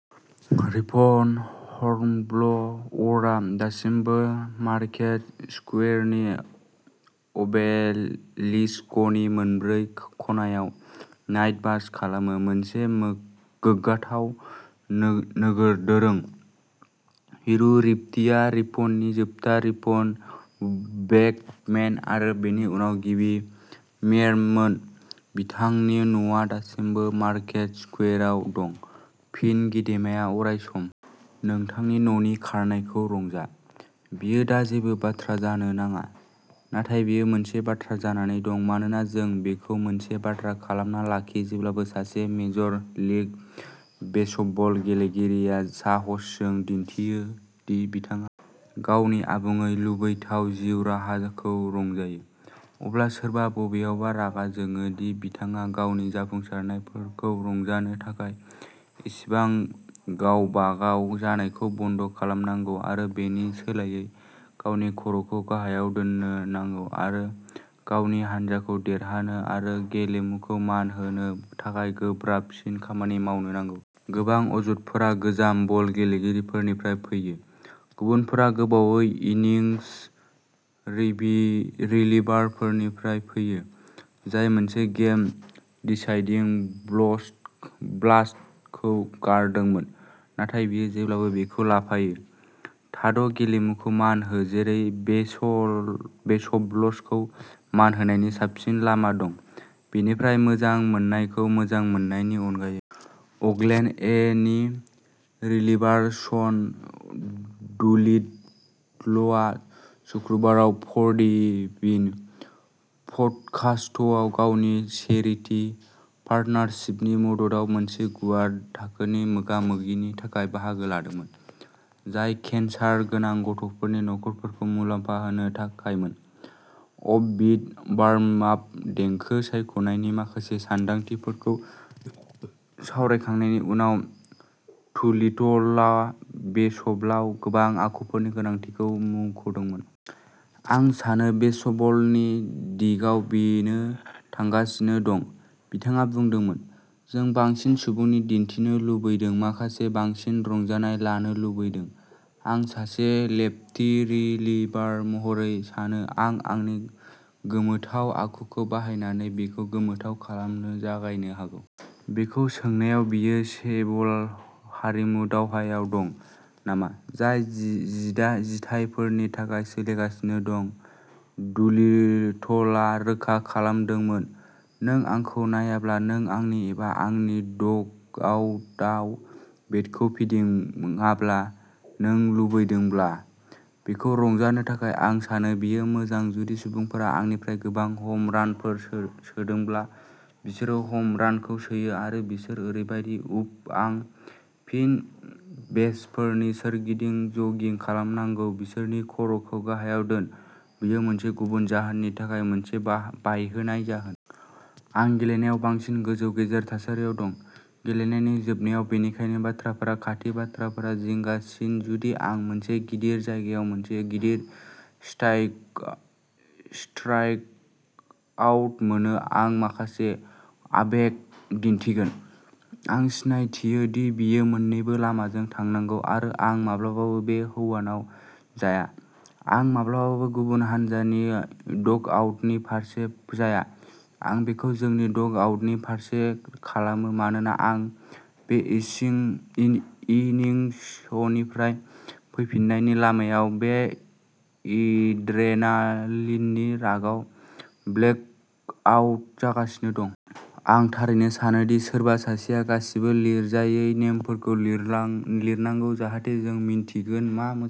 Ripon हर्नब्ल’अरआ दासिमबो market स्कुवेरनि अबेलिस्कनि मोनब्रै खनायाव नाइट वाच' खालामो मोनसे गोग्गाथाव नोगोर दोरों। हियु रिप्लिआ रिपननि जोबथा रिपन वेकमेन आरो बेनि उनाव गिबि मेयरमोन। बिथांनि न'आ दासिमबो मार्केट स्कुवेराव दं। फिन गेदेमाया अरायसम। नोंथांनि न'नि खारनायखौ रंजा। बेयो दा जेबो बाथ्रा जानो नाङा, नाथाय बेयो मोनसे बाथ्रा जानानै दं मानोना जों बेखौ मोनसे बाथ्रा खालामना लाखि जेब्लानो सासे मेजर लीग बेसबल गेलेगिरिया साहसजों दिन्थियो दि बिथाङा गावनि आबुङै लुबैथाव जिउ राहाखौ रंजायो, अब्ला सोरबा बबेयावबा रागा जोङो दि बिथाङा गावनि जाफुंसारनायफोरखौ रंजानो थाखाय एसेबां गावबागाव जानायखौ बन्द' खालामनांगौ आरो बेनि सोलायै गावनि खर'खौ गाहायाव दोननो नांगौ आरो गावनि हानजाखौ देरहानो आरो गेलेमुखौ मान होनो थाखाय गोब्राबसिन खामानि मावनो नांगौ। गोबां अजदफोरा गोजाम बल गेलेगिरिफोरनिफ्राय फैयो; गुबुनफोरा गोबावै इनिंस रिलिभारफोरनिफ्राय फैयो जाय मोनसे गेम डिसाइडिं ब्लास्टखौ गारदोंमोन। नाथाय बेयो जेब्लाबो बेखौ लाफायो। थाद' गेलेमुखौ मान हो जेरै बेसबलखौ मान होनायनि साबसिन लामा दं, बेनिफ्राय मोजां मोननायखौ मोजां मोननायनि अनगायै। अकलेन्ड ए नि रिलिभार शन डुलिटलआ सुक्रुबाराव फर दि विन पडकास्टआव गावनि चेरिटि पार्टनारशिपनि मददाव मोनसे गुवार थाखोनि मोगा-मोगिनि थाखाय बाहागो लादोंमोन, जाय केन्सार गोनां गथ'फोरनि नखरफोरखौ मुलाम्फा होनो थाखायमोन। अफ बिट वार्मआप देंखो सायख'नायनि माखासे सानदांथिफोरखौ सावरायखांनायनि उनाव, डुलिटलआ बेसबलाव गोबां आखुफोरनि गोनांथिखौ मुंख'दोंमोन। आं सानो बेसबलनि दिगाव बेनो थांगासिनो दं, बिथाङा बुंदोंमोन। जों बांसिन सुबुंथि दिन्थिनो लुबैदों, माखासे बांसिन रंजानाय लानो लुबैदों। आं सासे लेफ्टी रिलिभार महरै सानो आं आंनि गोमोथाव आखुखौ बाहायनानै बेखौ गोमोथाव खालामनो जागायनो हागौ। बेखौ सोंनायाव बियो बेसबल हारिमु दावहायाव दं नामा, जाय जिथायफोरनि थाखाय सोलिगासिनो दं, डुलिटलआ रोखा खालामदोंमोन। नों आंखौ नायाब्ला नों आंनि एबा आंनि डगआउटआव बेटखौ फिदिंाब्ला, नों लुबैदोंब्ला। बेखौ रंजानो थाखाय, आं सानो बेयो मोजां जुदि सुबुंफोरा आंनिफ्राय गोबां ह'म रानफोर सोदोंब्ला बिसोरो ह'म रानखौ सोयो आरो बिसोर ओरैबायदि उफ आं फिन बेसफोरनि सोरगिदिं जगिं खालामनांगौ बिसोरनि खर'खौ गाहायाव दोन, बेयो मोनसे गुबुन जाहोननि थाखाय गोसो बायहोनाय जागोन। आं गेलेनायाव बांसिन गोजौ गेजेर थासारियाव दं, गेलेनायनि जोबनायाव, बेनिखायनो बाथ्राफोरा खाथि बाथ्राफोरा जिंगासिन जुदि आं मोनसे गिदिर जायगायाव मोनसे गिदिर स्ट्राइकआउट मोनो आं माखासे आबेग दिन्थिगोन। आं सिनायथियो दि बेयो मोन्नैबो लामाजों थांनांगौ आरो आं माब्लाबाबो बे हौवानाव जाया, आं माब्लाबाबो गुबुन हानजानि डगआउटनि फारसे जाया, आं बेखौ जोंनि डग आउटनि फारसे खालामो मानोना आं बे इनिंसनिफ्राय फैफिननायनि लामायाव बे एड्रेनालिननि रागआव ब्लेक आउट जागासिनो दं। आं थारैनो सानो दि सोरबा सासेआ गासिबो लिरजायै नेमफोरखौ लिरनांगौ, जाहाथे जों मिन्थिगोन मा मोजां।